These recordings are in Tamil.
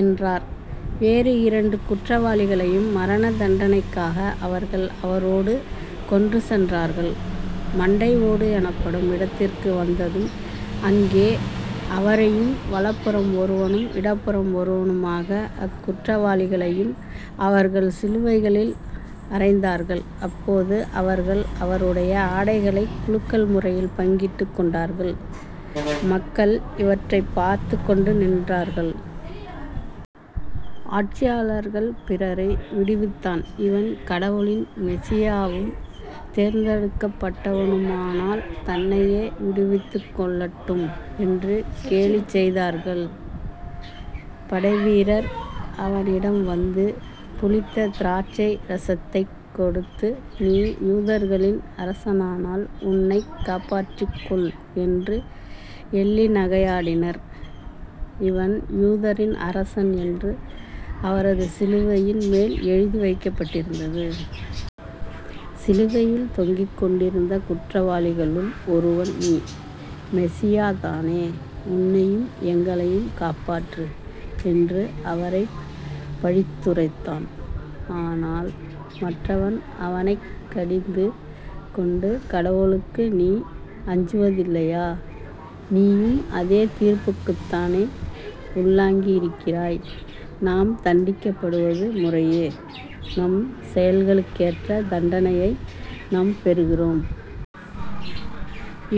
என்றார். வேறு இரண்டு குற்றவாளிகளையும் மரணதண்டனைக்காக அவர்கள் அவரோடு கொண்டுசென்றார்கள். மண்டை ஓடு எனப்படும் இடத்திற்கு வந்ததும் அங்கே அவரையும் வலப்புறம் ஒருவனும் இடப்புறம் ஒருவனுமாக அக்குற்றவாளிகளையும் அவர்கள் சிலுவைகளில் அறைந்தார்கள். அப்போது அவர்கள் அவருடைய ஆடைகளைக் குலுக்கல் முறையில் பங்கிட்டுக் கொண்டார்கள். மக்கள் இவற்றைப் பார்த்துக் கொண்டு நின்றார்கள். ஆட்சியாளர்கள் பிறரை விடுவித்தான் இவன் கடவுளின் மெசியாவும் தேர்ந்தெடுக்கப்பட்டவனுமானால் தன்னையே விடுவித்துக் கொள்ளட்டும் என்று கேலிசெய்தார்கள். படைவீரர் அவரிடம் வந்து புளித்த திராட்சை இரசத்தைக் கொடுத்து நீ யூதர்களின் அரசனானால் உன்னைக் காப்பாற்றிக் கொள் என்று எள்ளி நகையாடினர். இவன் யூதரின் அரசன் என்று அவரது சிலுவையின் மேல் எழுதி வைக்கப்பட்டிருந்தது. சிலுவையில் தொங்கிக்கொண்டிருந்த குற்றவாளிகளுள் ஒருவன் நீ மெசியாதானே உன்னையும் எங்களையும் காப்பாற்று என்று அவரைப் பழித்துரைத்தான். ஆனால் மற்றவன் அவனைக் கடிந்து கொண்டு கடவுளுக்கு நீ அஞ்சுவதில்லையா? நீயும் அதே தீர்ப்புக்குத்தானே உள்ளாகி இருக்கிறாய். நாம் தண்டிக்கப்படுவது முறையே. நம் செயல்களுக்கேற்ற தண்டனையை நாம் பெறுகிறோம்.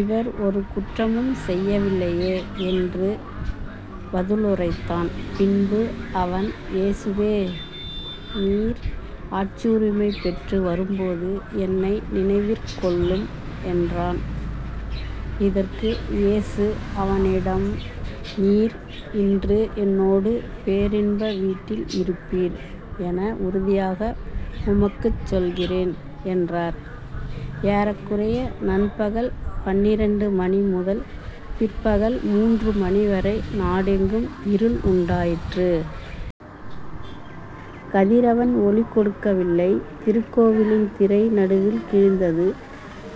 இவர் ஒரு குற்றமும் செய்யவில்லையே என்று பதிலுரைத்தான். பின்பு அவன் இயேசுவே நீர் ஆட்சியுரிமை பெற்று வரும்போது என்னை நினைவிற்கொள்ளும் என்றான். அதற்கு இயேசு அவனிடம் நீர் இன்று என்னோடு பேரின்ப வீட்டில் இருப்பீர் என உறுதியாக உமக்குச் சொல்கிறேன் என்றார். ஏறக்குறைய நண்பகல் பன்னிரண்டு மணி முதல் பிற்பகல் மூன்று மணிவரை நாடெங்கும் இருள் உண்டாயிற்று. கதிரவன் ஒளி கொடுக்கவில்லை. திருக்கோவிலின் திரை நடுவில் கிழிந்தது.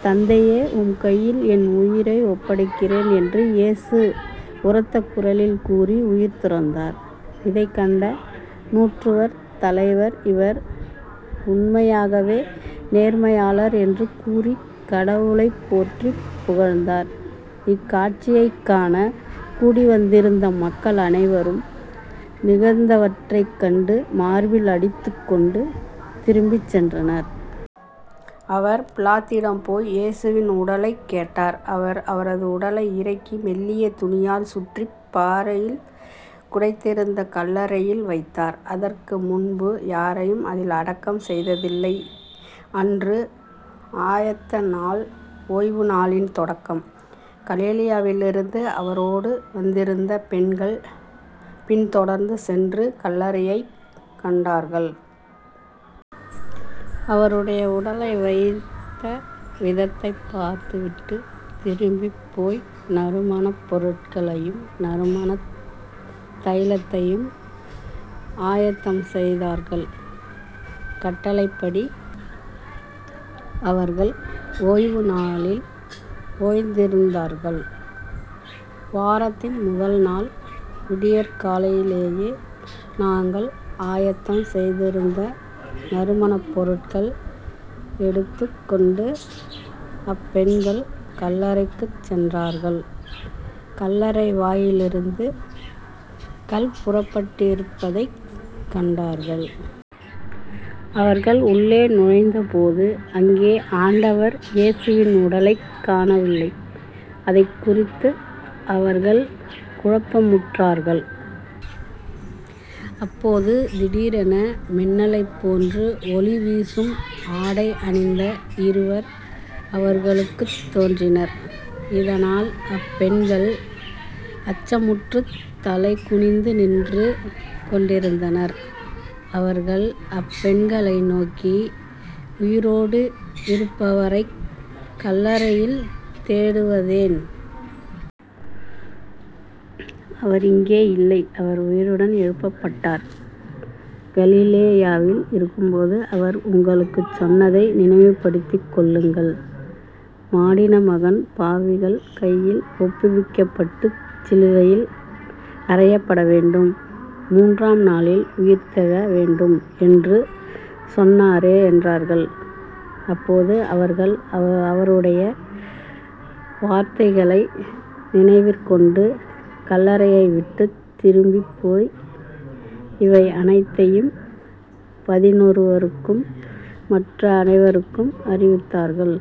தந்தையே உம்கையில் என் உயிரை ஒப்படைக்கிறேன் என்று இயேசு உரத்த குரலில் கூறி உயிர் துறந்தார். இதைக் கண்ட நூற்றுவர் தலைவர் இவர் உண்மையாகவே நேர்மையாளர் என்று கூறிக் கடவுளைப் போற்றிப் புகழ்ந்தார். இக்காட்சியைக் காணக் கூடிவந்திருந்த மக்கள் அனைவரும் நிகழ்ந்தவற்றைக் கண்டு மார்பில் அடித்துக் கொண்டு திரும்பிச் சென்றனர். அவர் பிலாத்திடம் போய் இயேசுவின் உடலைக் கேட்டார். அவர் அவரது உடலை இறக்கி மெல்லிய துணியால் சுற்றிப் பாறையில் குடைந்திருந்த கல்லறையில் வைத்தார். அதற்கு முன்பு யாரையும் அதில் அடக்கம் செய்ததில்லை. அன்று ஆயத்த நாள். ஓய்வுநாளின் தொடக்கம். கலிலேயாவிலிருந்து அவரோடு வந்திருந்த பெண்கள் பின் தொடர்ந்து சென்று கல்லறையைக் கண்டார்கள். அவருடைய உடலை வைத்த விதத்தைப் பார்த்து விட்டு திரும்பிப் போய் நறுமணப் பொருள்களையும் நறுமணத் தைலத்தையும் ஆயத்தம் செய்தார்கள். கட்டளைப்படி அவர்கள் ஓய்வுநாளில் ஓய்ந்திருந்தார்கள். வாரத்தின் முதல் நாள் விடியற் காலையிலேயே தாங்கள் ஆயத்தம் செய்திருந்த நறுமணப் பொருள்கள் எடுத்துக் கொண்டு அப்பெண்கள் கல்லறைக்குச் சென்றார்கள் கல்லறை வாயிலிருந்து கல்புரட்டப்பட்டிருப்பதைக் கண்டார்கள். அவர்கள் உள்ளே நுழைந்தபோது அங்கே ஆண்டவர் இயேசுவின் உடலைக் காணவில்லை. அதைக் குறித்து அவர்கள் குழப்பமுற்றார்கள். அப்போது திடீரென மின்னலைப் போன்று ஒளிவீசும் ஆடை அணிந்த இருவர் அவர்களுக்குத் தோன்றினர். இதனால் அப்பெண்கள் அச்சமுற்றுத் தலைகுனிந்து நின்று கொண்டிருந்தனர். அவர்கள் அப்பெண்களை நோக்கி உயிரோடு இருப்பவரைக் கல்லறையில் தேடுவதேன்? அவர் இங்கே இல்லை. அவர் உயிருடன் எழுப்பப்பட்டார். கலிலேயாவில் இருக்கும்போது அவர் உங்களுக்குச் சொன்னதை நினைவுப்படுத்திக் கொள்ளுங்கள். மானிடமகன் பாவிகள் கையில் ஒப்புவிக்கப்பட்டுச் சிலுவையில் அறையப்படவேண்டும். மூன்றாம் நாளில் உயிர்த்தெழ வேண்டும் என்று சொன்னாரே என்றார்கள். அப்போது அவர்கள் அவருடைய வார்த்தைகளை நினைவிற்கொண்டு கல்லறையைவிட்டுத் திரும்பிப் போய் இவை அனைத்தையும் பதினொருவருக்கும் மற்ற அனைவருக்கும் அறிவித்தார்கள்.